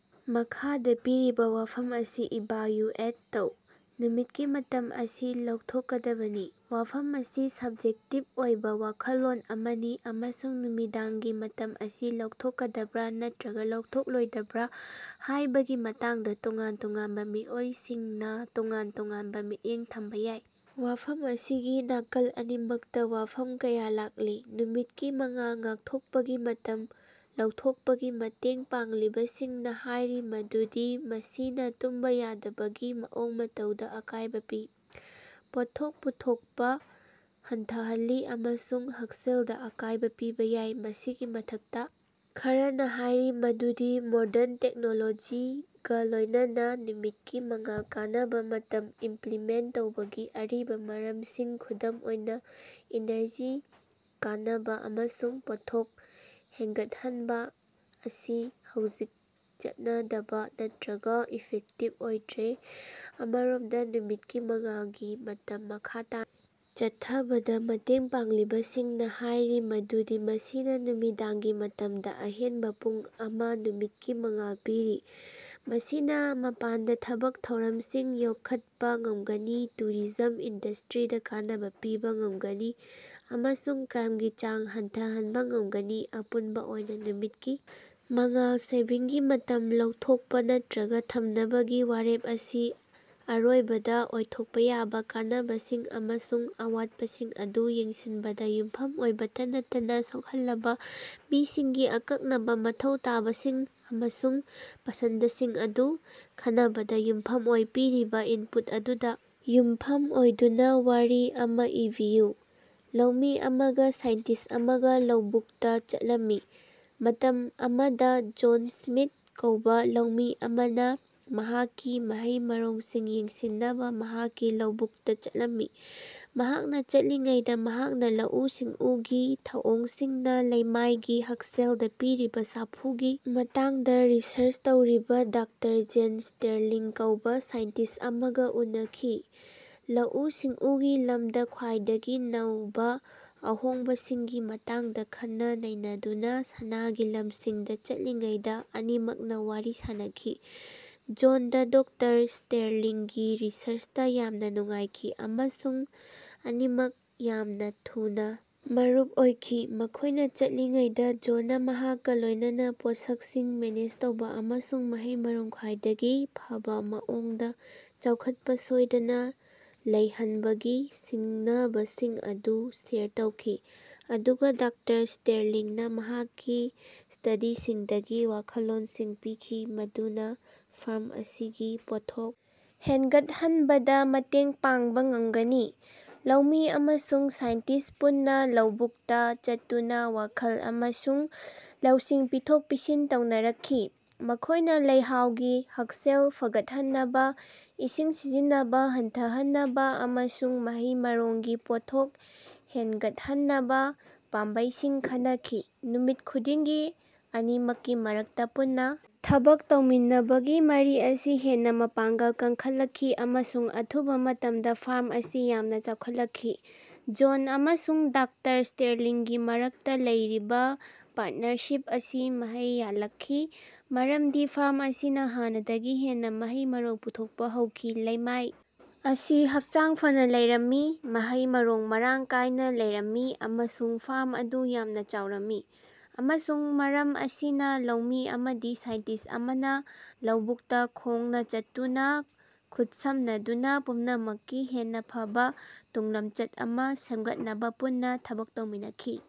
ꯃꯈꯥꯗꯥ ꯄꯤꯔꯤꯕꯥ ꯋꯥꯐꯝ ꯑꯁꯤ ꯏꯚꯥꯜꯌꯨꯑꯦꯠ ꯇꯧ: "ꯅꯨꯃꯤꯠꯀꯤ ꯃꯇꯝ ꯑꯁꯤ ꯂꯧꯊꯣꯛꯀꯗꯕꯅꯤ꯫" ꯋꯥꯐꯝ ꯑꯁꯤ ꯁꯕꯖꯦꯛꯇꯤꯕ ꯑꯣꯏꯕꯥ ꯋꯥꯈꯜꯂꯣꯟ ꯑꯃꯅꯤ ꯑꯃꯁꯨꯡ ꯅꯨꯃꯤꯗꯥꯡꯒꯤ ꯃꯇꯝ ꯑꯁꯤ ꯂꯧꯊꯣꯛꯀꯗꯕ꯭ꯔꯥ ꯅꯠꯇ꯭ꯔꯒꯥ ꯂꯧꯊꯣꯛꯂꯣꯏꯗꯕ꯭ꯔꯥ ꯍꯥꯏꯕꯒꯤ ꯃꯇꯥꯡꯗꯥ ꯇꯣꯉꯥꯟ ꯇꯣꯉꯥꯟꯕꯥ ꯃꯤꯑꯣꯏꯁꯤꯡꯅꯥ ꯇꯣꯉꯥꯟ ꯇꯣꯉꯥꯟꯕꯥ ꯃꯤꯠꯌꯦꯡ ꯊꯝꯕꯥ ꯌꯥꯏ꯫ ꯋꯥꯐꯝ ꯑꯁꯤꯒꯤ ꯅꯥꯀꯜ ꯑꯅꯤꯃꯛꯇꯥ ꯋꯥꯐꯝ ꯀꯌꯥ ꯂꯥꯛꯂꯤ꯫ ꯅꯨꯃꯤꯠꯀꯤ ꯃꯉꯥꯜ ꯉꯥꯛꯊꯣꯀꯄꯒꯤ ꯃꯇꯝ ꯂꯧꯊꯣꯛꯄꯒꯤ ꯃꯇꯦꯡ ꯄꯥꯡꯂꯤꯕꯁꯤꯡꯅꯥ ꯍꯥꯏꯔꯤ ꯃꯗꯨꯗꯤ ꯃꯁꯤꯅꯥ ꯇꯨꯝꯕꯥ ꯌꯥꯗꯕꯒꯤ ꯃꯑꯣꯡ ꯃꯇꯧꯗꯥ ꯑꯀꯥꯏꯕꯥ ꯄꯤ, ꯄꯣꯠꯊꯣꯛ ꯄꯨꯊꯣꯀꯄꯥ ꯍꯟꯊꯍꯜꯂꯤ ꯑꯃꯁꯨꯡ ꯍꯛꯁꯦꯜꯗꯥ ꯑꯀꯥꯏꯕ ꯄꯤꯕꯥ ꯌꯥꯏ꯫ ꯃꯁꯤꯒꯤ ꯃꯊꯛꯇꯥ, ꯈꯔꯅꯥ ꯍꯥꯏꯔꯤ ꯃꯗꯨꯗꯤ ꯃꯣꯗꯔꯟ ꯇꯦꯛꯅꯣꯂꯣꯖꯤꯒꯥ ꯂꯣꯏꯅꯅꯥ, ꯅꯨꯃꯤꯠꯀꯤ ꯃꯉꯥꯜ ꯀꯅꯕꯥ ꯃꯇꯝ ꯏꯝꯄꯂꯤꯃꯦꯟꯇ ꯇꯧꯕꯒꯤ ꯑꯔꯤꯕꯥ ꯃꯔꯝꯁꯤꯡ, ꯈꯨꯗꯝ ꯑꯣꯏꯅꯥ ꯏꯅꯔꯖꯤ ꯀꯅꯕꯥ ꯑꯃꯁꯨꯡ ꯄꯣꯠꯊꯣꯛ ꯍꯦꯟꯒꯠꯍꯟꯕ ꯑꯁꯤ ꯍꯧꯖꯤꯛ ꯆꯠꯅꯗꯕꯥ ꯅꯠꯇ꯭ꯔꯒꯥ ꯏꯐꯦꯛꯇꯤꯕ ꯑꯣꯏꯗ꯭ꯔꯦ꯫ ꯑꯃꯔꯣꯝꯗꯥ, ꯅꯨꯃꯤꯠꯀꯤ ꯃꯉꯥꯜꯒꯤ ꯃꯇꯝ ꯃꯈꯥ ꯇꯥꯅꯥ ꯆꯠꯊꯕꯗꯥ ꯃꯇꯦꯡ ꯄꯥꯡꯂꯤꯕꯁꯤꯡꯅꯥ ꯍꯥꯏꯔꯤ ꯃꯗꯨꯗꯤ ꯃꯁꯤꯅꯥ ꯅꯨꯃꯤꯗꯥꯡꯒꯤ ꯃꯇꯝꯗꯥ ꯑꯍꯦꯟꯕꯥ ꯄꯨꯡ ꯑꯃꯥ ꯅꯨꯃꯤꯠꯀꯤ ꯃꯉꯥꯜ ꯄꯤꯔꯤ, ꯃꯁꯤꯅꯥ ꯃꯄꯥꯟꯗꯥ ꯊꯕꯛ ꯊꯧꯔꯝꯁꯤꯡ ꯌꯣꯛꯈꯠꯄꯥ ꯉꯝꯒꯅꯤ, ꯇꯨꯔꯤꯖꯝ ꯏꯟꯗꯁꯇ꯭ꯔꯤꯗꯥ ꯀꯥꯟꯅꯕꯥ ꯄꯤꯕꯥ ꯉꯝꯒꯅꯤ, ꯑꯃꯁꯨꯡ ꯀ꯭ꯔꯥꯏꯃꯒꯤ ꯆꯥꯡ ꯍꯟꯊꯍꯟꯕꯥ ꯉꯝꯒꯅꯤ꯫ ꯑꯄꯨꯟꯕꯥ ꯑꯣꯏꯅꯥ, ꯅꯨꯃꯤꯠꯀꯤ ꯃꯉꯥꯜ ꯁꯦꯚꯤꯡꯒꯤ ꯃꯇꯝ ꯂꯧꯊꯣꯀꯄꯥ ꯅꯠꯇ꯭ꯔꯒꯥ ꯊꯝꯅꯕꯒꯤ ꯋꯥꯔꯦꯞ ꯑꯁꯤ ꯑꯔꯣꯏꯕꯗꯥ ꯑꯣꯏꯊꯣꯛꯄꯥ ꯌꯥꯕꯥ ꯀꯥꯟꯅꯕꯁꯤꯡ ꯑꯃꯁꯨꯡ ꯑꯋꯥꯠꯄꯁꯤꯡ ꯑꯗꯨ ꯌꯦꯡꯁꯤꯟꯕꯗꯥ ꯌꯨꯝꯐꯝ ꯑꯣꯏꯕꯇꯥ ꯅꯠꯇꯅꯥ ꯁꯣꯛꯍꯜꯂꯕꯥ ꯃꯤꯁꯤꯡꯒꯤ ꯑꯀꯛꯅꯕꯥ ꯃꯊꯧ ꯇꯥꯕꯁꯤꯡ ꯑꯃꯁꯨꯡ ꯄꯁꯟꯗꯁꯤꯡ ꯑꯗꯨ ꯈꯟꯅꯕꯗꯥ ꯌꯨꯝꯐꯝ ꯑꯣꯏ꯫ ꯄꯤꯔꯤꯕꯥ ꯏꯟꯄꯨꯠ ꯑꯗꯨꯗꯥ ꯌꯨꯝꯐꯝ ꯑꯣꯏꯗꯨꯅꯥ ꯋꯥꯔꯤ ꯑꯃꯥ ꯏꯕꯤꯌꯨ꯫ ꯂꯧꯃꯤ ꯑꯃꯒ ꯁꯥꯏꯟꯇꯤꯁ ꯑꯃꯒ ꯂꯧꯕꯨꯛꯇꯥ ꯆꯠꯂꯝꯃꯤ꯫ ꯃꯇꯝ ꯑꯃꯗꯥ ꯖꯣꯟ ꯁ꯭ꯃꯤꯊ ꯀꯧꯕꯥ ꯂꯧꯃꯤ ꯑꯃꯅꯥ ꯃꯍꯥꯛꯀꯤ ꯃꯍꯩ-ꯃꯔꯣꯡꯁꯤꯡ ꯌꯦꯡꯁꯤꯟꯅꯕꯥ ꯃꯍꯥꯛꯀꯤ ꯂꯧꯕꯨꯛꯇꯥ ꯆꯠꯂꯝꯃꯤ꯫ ꯃꯍꯥꯛꯅꯥ ꯆꯠꯂꯤꯉꯩꯗꯥ ꯃꯍꯥꯛꯅꯥ ꯂꯧꯎ-ꯁꯤꯡꯎꯒꯤ ꯊꯧꯑꯣꯡꯁꯤꯡꯅꯥ ꯂꯩꯃꯥꯏꯒꯤ ꯍꯛꯁꯦꯜꯗꯥ ꯄꯤꯔꯤꯕꯥ ꯁꯥꯐꯨꯒꯤ ꯃꯇꯥꯡꯗꯥ ꯔꯤꯁꯔꯆ ꯇꯧꯔꯤꯕꯥ ꯗꯥꯛꯇꯔ ꯖꯦꯟ ꯁ꯭ꯇꯦꯔꯂꯤꯡ ꯀꯧꯕꯥ ꯁꯥꯏꯟꯇꯤꯁ ꯑꯃꯒꯥ ꯎꯅꯈꯤ꯫ ꯂꯧꯎ-ꯁꯤꯡꯎꯒꯤ ꯂꯝꯗꯥ ꯈ꯭ꯋꯥꯏꯗꯒꯤ ꯅꯧꯕꯥ ꯑꯍꯣꯡꯕꯁꯤꯡꯒꯤ ꯃꯇꯥꯡꯗꯥ ꯈꯟꯅ-ꯅꯩꯅꯗꯨꯅꯥ ꯁꯅꯥꯒꯤ ꯂꯝꯁꯤꯡꯗꯥ ꯆꯠꯂꯤꯉꯩꯗꯥ ꯑꯅꯤꯃꯛꯅꯥ ꯋꯥꯔꯤ ꯁꯥꯅꯈꯤ꯫ ꯖꯣꯟꯗꯥ ꯗꯣꯛꯇꯔ ꯁ꯭ꯇꯦꯔꯂꯤꯡꯒꯤ ꯔꯤꯁꯔꯆꯇꯥ ꯌꯥꯝꯅꯥ ꯅꯨꯡꯉꯥꯏꯈꯤ, ꯑꯃꯁꯨꯡ ꯑꯅꯤꯃꯛ ꯌꯥꯝꯅꯥ ꯊꯨꯅꯥ ꯃꯔꯨꯞ ꯑꯣꯏꯈꯤ꯫ ꯃꯈꯣꯌꯅꯥ ꯆꯠꯂꯤꯉꯩꯗꯥ, ꯖꯣꯟꯅꯥ ꯃꯍꯥꯛꯀꯥ ꯂꯣꯏꯅꯅꯥ ꯄꯣꯠꯁꯛꯁꯤꯡ ꯃꯦꯅꯦꯖ ꯇꯧꯕꯥ ꯑꯃꯁꯨꯡ ꯃꯍꯩ-ꯃꯔꯣꯡ ꯈ꯭ꯋꯥꯏꯗꯒꯤ ꯐꯕꯥ ꯃꯑꯣꯡꯗꯥ ꯆꯥꯎꯈꯠꯄꯥ ꯁꯣꯏꯗꯅꯥ ꯂꯩꯍꯟꯕꯒꯤ ꯁꯤꯡꯅꯕꯁꯤꯡ ꯑꯗꯨ ꯁꯦꯌꯔ ꯇꯧꯈꯤ, ꯑꯗꯨꯒꯥ ꯗꯥꯛꯇꯔ ꯁ꯭ꯇꯦꯔꯂꯤꯡꯅꯥ ꯃꯍꯥꯛꯀꯤ ꯁ꯭ꯇꯗꯤꯁꯤꯡꯗꯒꯤ ꯋꯥꯈꯜꯂꯣꯟꯁꯤꯡ ꯄꯤꯈꯤ ꯃꯗꯨꯅꯥ ꯐꯥꯔꯝ ꯑꯁꯤꯒꯤ ꯄꯣꯠꯊꯣꯛ ꯍꯦꯟꯒꯠꯍꯟꯕꯗꯥ ꯃꯇꯦꯡ ꯄꯥꯡꯕꯥ ꯉꯝꯒꯅꯤ꯫ ꯂꯧꯃꯤ ꯑꯃꯁꯨꯡ ꯁꯥꯏꯟꯇꯤꯁ ꯄꯨꯟꯅꯥ ꯂꯧꯕꯨꯛꯇꯥ ꯆꯠꯇꯨꯅꯥ ꯋꯥꯈꯜ ꯑꯃꯁꯨꯡ ꯂꯧꯁꯤꯡ ꯄꯤꯊꯣꯛ-ꯄꯤꯁꯤꯟ ꯇꯧꯅꯔꯛꯈꯤ꯫ ꯃꯈꯣꯌꯅꯥ ꯂꯩꯍꯥꯎꯒꯤ ꯍꯛꯁꯦꯜ ꯐꯒꯠꯍꯟꯅꯕꯥ, ꯏꯁꯤꯡ ꯁꯤꯖꯤꯟꯅꯕꯥ ꯍꯟꯊꯍꯟꯅꯕꯥ ꯑꯃꯁꯨꯡ ꯃꯍꯩ-ꯃꯔꯣꯡꯒꯤ ꯄꯣꯠꯊꯣꯛ ꯍꯦꯅꯒꯠꯍꯟꯅꯕꯥ ꯄꯥꯝꯕꯩꯁꯤꯡ ꯈꯟꯅꯈꯤ꯫ ꯅꯨꯃꯤꯠ ꯈꯨꯗꯤꯡꯒꯤ ꯑꯅꯤꯃꯛꯀꯤ ꯃꯔꯛꯇꯥ ꯄꯨꯟꯅꯥ ꯊꯕꯛ ꯇꯧꯃꯤꯟꯅꯕꯒꯤ ꯃꯔꯤ ꯑꯁꯤ ꯍꯦꯟꯅꯥ ꯃꯄꯥꯡꯒꯜ ꯀꯟꯈꯠꯂꯛꯈꯤ ꯑꯃꯁꯨꯡ ꯑꯊꯨꯕꯥ ꯃꯇꯝꯗꯥ ꯐꯥꯔꯝ ꯑꯁꯤ ꯌꯥꯝꯅꯥ ꯆꯥꯎꯈꯠꯂꯛꯈꯤ꯫ ꯖꯣꯟ ꯑꯃꯁꯨꯡ ꯗꯥꯛꯇꯔ ꯁ꯭ꯇꯦꯔꯂꯤꯡꯒꯤ ꯃꯔꯛꯇꯥ ꯂꯩꯔꯤꯕꯥ ꯄꯥꯔꯠꯅꯔꯁꯤꯞ ꯑꯁꯤ ꯃꯍꯩ ꯌꯥꯜꯂꯛꯈꯤ, ꯃꯔꯝꯗꯤ ꯐꯥꯔꯝ ꯑꯁꯤꯅꯥ ꯍꯥꯟꯅꯗꯒꯤ ꯍꯦꯟꯅꯥ ꯃꯍꯩ-ꯃꯔꯣꯡ ꯄꯨꯊꯣꯛꯄꯥ ꯍꯧꯈꯤ꯫ ꯂꯩꯃꯥꯏ ꯑꯁꯤ ꯍꯛꯆꯥꯡ ꯐꯅꯥ ꯂꯩꯔꯝꯃꯤ, ꯃꯍꯩ-ꯃꯔꯣꯡ ꯃꯔꯥꯡ ꯀꯥꯏꯅꯥ ꯂꯩꯔꯝꯃꯤ ꯑꯃꯁꯨꯡ ꯐꯥꯔꯝ ꯑꯗꯨ ꯌꯥꯝꯅꯥ ꯆꯥꯎꯔꯝꯃꯤ꯫ ꯑꯃꯁꯨꯡ ꯃꯔꯝ ꯑꯁꯤꯅꯥ, ꯂꯧꯃꯤ ꯑꯃꯗꯤ ꯁꯥꯏꯟꯇꯤꯁ ꯑꯃꯅꯥ ꯂꯧꯕꯨꯛꯇꯥ ꯈꯣꯡꯅꯥ ꯆꯠꯇꯨꯅꯥ, ꯈꯨꯠꯁꯝꯅꯗꯨꯅꯥ, ꯄꯨꯝꯅꯃꯛꯀꯤ ꯍꯦꯟꯅꯥ ꯐꯕꯥ ꯇꯨꯡꯂꯝꯆꯠ ꯑꯃꯥ ꯁꯦꯝꯒꯠꯅꯕꯥ ꯄꯨꯟꯅꯥ ꯊꯕꯛ ꯇꯧꯃꯤꯟꯅꯈꯤ꯫